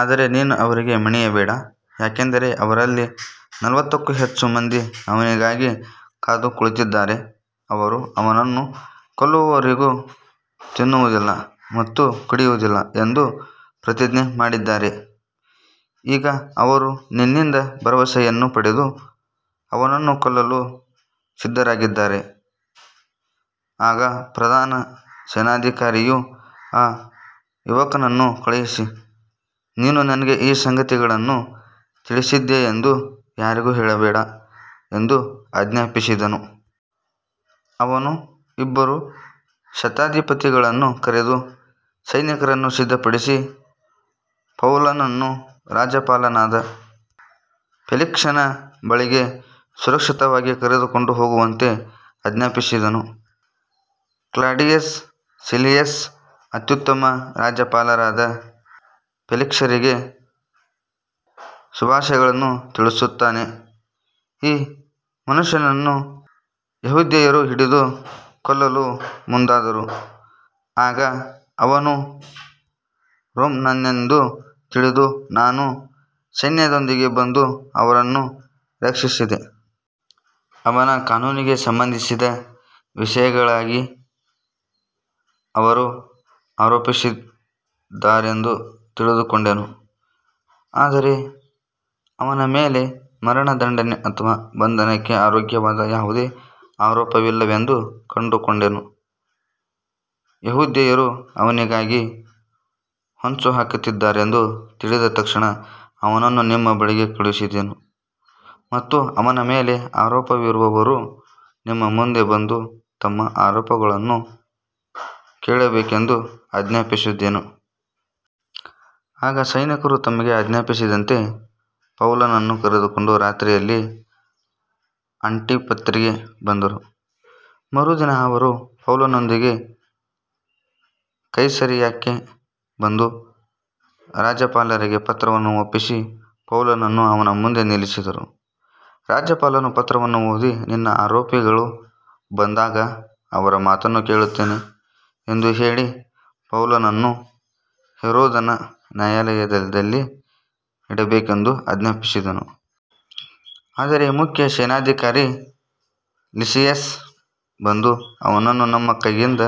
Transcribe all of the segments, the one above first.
ಆದರೆ ನೀನು ಅವರಿಗೆ ಮಣಿಯಬೇಡ, ಯಾಕಂದರೆ ಅವರಲ್ಲಿ ನಲವತ್ತಕ್ಕೂ ಹೆಚ್ಚು ಮಂದಿ ಅವನಿಗಾಗಿ ಕಾದು ಕುಳಿತಿದ್ದಾರೆ. ಅವರು ಅವನನ್ನು ಕೊಲ್ಲುವವರೆಗೂ ತಿನ್ನುವುದಿಲ್ಲ ಮತ್ತು ಕುಡಿಯುವುದಿಲ್ಲ ಎಂದು ಪ್ರತಿಜ್ಞೆ ಮಾಡಿದ್ದಾರೆ. ಈಗ ಅವರು ನಿನ್ನಿಂದ ಭರವಸೆಯನ್ನು ಪಡೆದು ಅವನನ್ನು ಕೊಲ್ಲಲು ಸಿದ್ಧರಾಗಿದ್ದಾರೆ. ಆಗ ಪ್ರಧಾನ ಸೇನಾಧಿಕಾರಿಯು ಆ ಯುವಕನನ್ನು ಕಳುಹಿಸಿ, ನೀನು ನನಗೆ ಈ ಸಂಗತಿಗಳನ್ನು ತಿಳಿಸಿದ್ದೀಯೆಂದು ಯಾರಿಗೂ ಹೇಳಬೇಡ ಎಂದು ಆಜ್ಞಾಪಿಸಿದನು. ಅವನು ಇಬ್ಬರು ಶತಾಧಿಪತಿಗಳನ್ನು ಕರೆದು, ಸೈನಿಕರನ್ನು ಸಿದ್ಧಪಡಿಸಿ ಪೌಲನನ್ನು ರಾಜ್ಯಪಾಲನಾದ ಫೆಲಿಕ್ಸನ ಬಳಿಗೆ ಸುರಕ್ಷಿತವಾಗಿ ಕರೆದುಕೊಂಡು ಹೋಗುವಂತೆ ಆಜ್ಞಾಪಿಸಿದನು. ಕ್ಲಾಡಿಯಸ್ ಲಿಸಿಯಸ್ ಅತ್ಯುತ್ತಮ ರಾಜ್ಯಪಾಲರಾದ ಫೆಲಿಕ್ಸರಿಗೆ ಶುಭಾಶಯಗಳನ್ನು ತಿಳಿಸುತ್ತಾನೆ. ಈ ಮನುಷ್ಯನನ್ನು ಯೆಹೂದ್ಯರು ಹಿಡಿದು ಕೊಲ್ಲಲು ಮುಂದಾದರು. ಆಗ ಅವನು ರೋಮನ್ನನೆಂದು ತಿಳಿದು ನಾನು ಸೈನ್ಯದೊಂದಿಗೆ ಬಂದು ಅವನನ್ನು ರಕ್ಷಿಸಿದೆ. ಅವನ ಕಾನೂನಿಗೆ ಸಂಬಂಧಿಸಿದ ವಿಷಯಗಳಿಗಾಗಿ ಅವರು ಆರೋಪಿಸುತ್ತಿದ್ದಾರೆಂದು ತಿಳಿದುಕೊಂಡೆನು. ಆದರೆ ಅವನ ಮೇಲೆ ಮರಣದಂಡನೆ ಅಥವಾ ಬಂಧನಕ್ಕೆ ಯೋಗ್ಯವಾದ ಯಾವುದೇ ಆರೋಪವಿಲ್ಲವೆಂದು ಕಂಡುಕೊಂಡೆನು. ಯೆಹೂದ್ಯರು ಅವನಿಗಾಗಿ ಹೊಂಚುಹಾಕುತ್ತಿದ್ದಾರೆಂದು ತಿಳಿದ ತಕ್ಷಣ ಅವನನ್ನು ನಿಮ್ಮ ಬಳಿಗೆ ಕಳುಹಿಸಿದೆನು ಮತ್ತು ಅವನ ಮೇಲೆ ಆರೋಪವಿರುವವರು ನಿಮ್ಮ ಮುಂದೆ ಬಂದು ತಮ್ಮ ಆರೋಪಗಳನ್ನು ಹೇಳಬೇಕೆಂದು ಆಜ್ಞಾಪಿಸಿದೆನು. ಆಗ ಸೈನಿಕರು ತಮಗೆ ಆಜ್ಞಾಪಿಸಿದಂತೆ ಪೌಲನನ್ನು ಕರೆದುಕೊಂಡು ರಾತ್ರಿಯಲ್ಲಿ ಆಂಟಿಪತ್ರಿಗೆ ಬಂದರು. ಮರುದಿನ ಅವರು ಪೌಲನೊಂದಿಗೆ ಕೈಸರಿಯಾಕ್ಕೆ ಬಂದು ರಾಜ್ಯಪಾಲರಿಗೆ ಪತ್ರವನ್ನು ಒಪ್ಪಿಸಿ ಪೌಲನನ್ನು ಅವನ ಮುಂದೆ ನಿಲ್ಲಿಸಿದರು. ರಾಜ್ಯಪಾಲನು ಪತ್ರವನ್ನು ಓದಿ, ನಿನ್ನ ಆರೋಪಿಗಳು ಬಂದಾಗ ಅವರ ಮಾತನ್ನು ಕೇಳುತ್ತೇನೆ ಎಂದು ಹೇಳಿ, ಪೌಲನನ್ನು ಹೆರೋದನ ನ್ಯಾಯಾಲಯದಲ್ಲಿ ಇಡಬೇಕೆಂದು ಆಜ್ಞಾಪಿಸಿದನು. ಆದರೆ ಮುಖ್ಯ ಸೇನಾಧಿಕಾರಿ ಲಿಸಿಯಸ್ ಬಂದು ಅವನನ್ನು ನಮ್ಮ ಕೈಯಿಂದ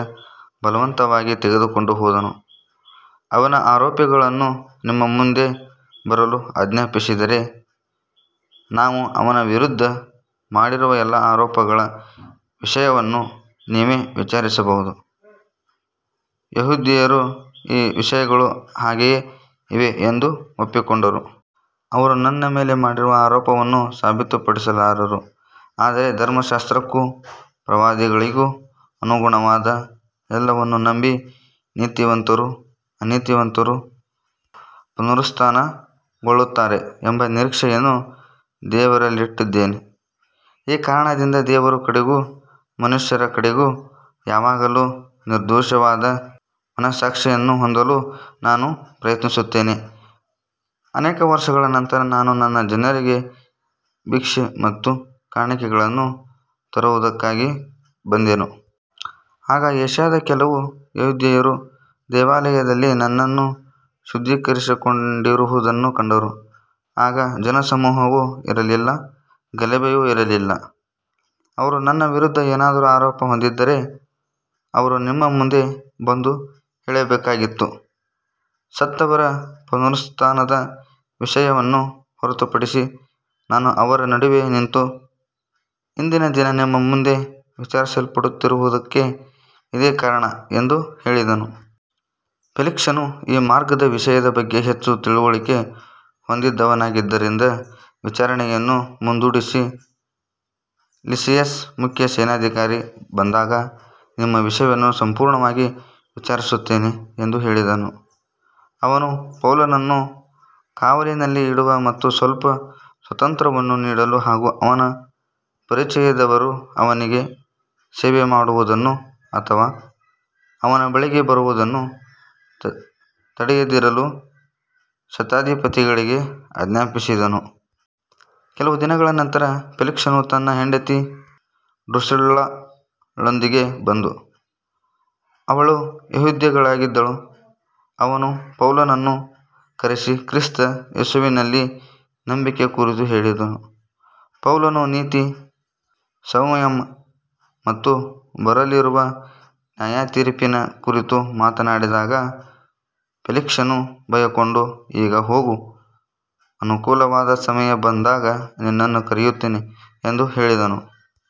ಬಲವಂತವಾಗಿ ತೆಗೆದುಕೊಂಡು ಹೋದನು. ಅವನ ಆರೋಪಿಗಳನ್ನು ನಿಮ್ಮ ಮುಂದೆ ಬರಲು ಆಜ್ಞಾಪಿಸಿದರೆ, ನಾವು ಅವನ ವಿರುದ್ಧ ಮಾಡಿರುವ ಎಲ್ಲಾ ಆರೋಪಗಳ ವಿಷಯವನ್ನು ನೀವೇ ವಿಚಾರಿಸಬಹುದು. ಯೆಹೂದ್ಯರೂ ಈ ವಿಷಯಗಳು ಹಾಗೆಯೇ ಇವೆ ಎಂದು ಒಪ್ಪಿಕೊಂಡರು. ಅವರು ನನ್ನ ಮೇಲೆ ಮಾಡಿರುವ ಆರೋಪಗಳನ್ನು ಸಾಬೀತುಪಡಿಸಲಾರರು. ಆದರೆ ಧರ್ಮಶಾಸ್ತ್ರಕ್ಕೂ ಪ್ರವಾದಿಗಳಿಗೂ ಅನುಗುಣವಾದ ಎಲ್ಲವನ್ನೂ ನಂಬಿ, ನೀತಿವಂತರೂ ಅನೀತಿವಂತರೂ ಪುನರುತ್ಥಾನಗೊಳ್ಳುತ್ತಾರೆ ಎಂಬ ನಿರೀಕ್ಷೆಯನ್ನು ದೇವರಲ್ಲಿಟ್ಟಿದ್ದೇನೆ. ಈ ಕಾರಣದಿಂದ ದೇವರ ಕಡೆಗೂ ಮನುಷ್ಯರ ಕಡೆಗೂ ಯಾವಾಗಲೂ ನಿರ್ದೋಷವಾದ ಮನಸ್ಸಾಕ್ಷಿಯನ್ನು ಹೊಂದಲು ನಾನು ಪ್ರಯತ್ನಿಸುತ್ತೇನೆ. ಅನೇಕ ವರ್ಷಗಳ ನಂತರ ನಾನು ನನ್ನ ಜನರಿಗೆ ಭಿಕ್ಷೆ ಮತ್ತು ಕಾಣಿಕೆಗಳನ್ನು ತರುವುದಕ್ಕಾಗಿ ಬಂದೆನು. ಆಗ ಏಷ್ಯಾದ ಕೆಲವು ಯೆಹೂದ್ಯರು ದೇವಾಲಯದಲ್ಲಿ ನನ್ನನ್ನು ಶುದ್ಧೀಕರಿಸಿಕೊಂಡಿರುವುದನ್ನು ಕಂಡರು. ಆಗ ಜನಸಮೂಹವೂ ಇರಲಿಲ್ಲ, ಗಲಭೆಯೂ ಇರಲಿಲ್ಲ. ಅವರು ನನ್ನ ವಿರುದ್ಧ ಏನಾದರೂ ಆರೋಪ ಹೊಂದಿದ್ದರೆ ಅವರು ನಿಮ್ಮ ಮುಂದೆ ಬಂದು ಹೇಳಬೇಕಾಗಿತ್ತು. ಸತ್ತವರ ಪುನರುತ್ಥಾನದ ವಿಷಯವನ್ನು ಹೊರತುಪಡಿಸಿ, ನಾನು ಅವರ ನಡುವೆ ನಿಂತು, ಇಂದಿನ ದಿನ ನಿಮ್ಮ ಮುಂದೆ ವಿಚಾರಿಸಲ್ಪಡುತ್ತಿರುವುದಕ್ಕೆ ಇದೇ ಕಾರಣ ಎಂದು ಹೇಳಿದೆನು. ಫೆಲಿಕ್ಸನು ಈ ಮಾರ್ಗದ ವಿಷಯದ ಬಗ್ಗೆ ಹೆಚ್ಚು ತಿಳುವಳಿಕೆ ಹೊಂದಿದ್ದವನಾಗಿದ್ದರಿಂದ ವಿಚಾರಣೆಯನ್ನು ಮುಂದೂಡಿಸಿ, ಲಿಸಿಯಸ್ ಮುಖ್ಯ ಸೇನಾಧಿಕಾರಿ ಬಂದಾಗ ನಿಮ್ಮ ವಿಷಯವನ್ನು ಸಂಪೂರ್ಣವಾಗಿ ವಿಚಾರಿಸುತ್ತೇನೆ ಎಂದು ಹೇಳಿದನು. ಅವನು ಪೌಲನನ್ನು ಕಾವಲಿನಲ್ಲಿ ಇಡಲು ಮತ್ತು ಸ್ವಲ್ಪ ಸ್ವಾತಂತ್ರ್ಯವನ್ನು ನೀಡಲು ಹಾಗೂ ಅವನ ಪರಿಚಯದವರು ಅವನಿಗೆ ಸೇವೆಮಾಡುವುದನ್ನು ಅಥವಾ ಅವನ ಬಳಿಗೆ ಬರುವುದನ್ನು ತಡೆಯದಿರಲು ಶತಾಧಿಪತಿಗೆ ಆಜ್ಞಾಪಿಸಿದನು. ಕೆಲವು ದಿನಗಳ ನಂತರ ಫೆಲಿಕ್ಸನು ತನ್ನ ಹೆಂಡತಿ ಡ್ರುಸಿಲ್ಲಾಳೊಂದಿಗೆ ಬಂದು, ಅವಳು ಯೆಹೂದ್ಯಳಾಗಿದ್ದಳು. ಅವನು ಪೌಲನನ್ನು ಕರೆಸಿ ಕ್ರಿಸ್ತ ಯೇಸುವಿನಲ್ಲಿನ ನಂಬಿಕೆಯ ಕುರಿತು ಕೇಳಿದನು. ಪೌಲನು ನೀತಿ, ಸಂಯಮ ಮತ್ತು ಬರಲಿರುವ ನ್ಯಾಯತೀರ್ಪಿನ ಕುರಿತು ಮಾತನಾಡಿದಾಗ ಫೆಲಿಕ್ಸನು ಭಯಗೊಂಡು, ಈಗ ಹೋಗು, ಅನುಕೂಲವಾದ ಸಮಯ ಬಂದಾಗ ನಿನ್ನನ್ನು ಕರೆಯುತ್ತೇನೆ ಎಂದು ಹೇಳಿದನು.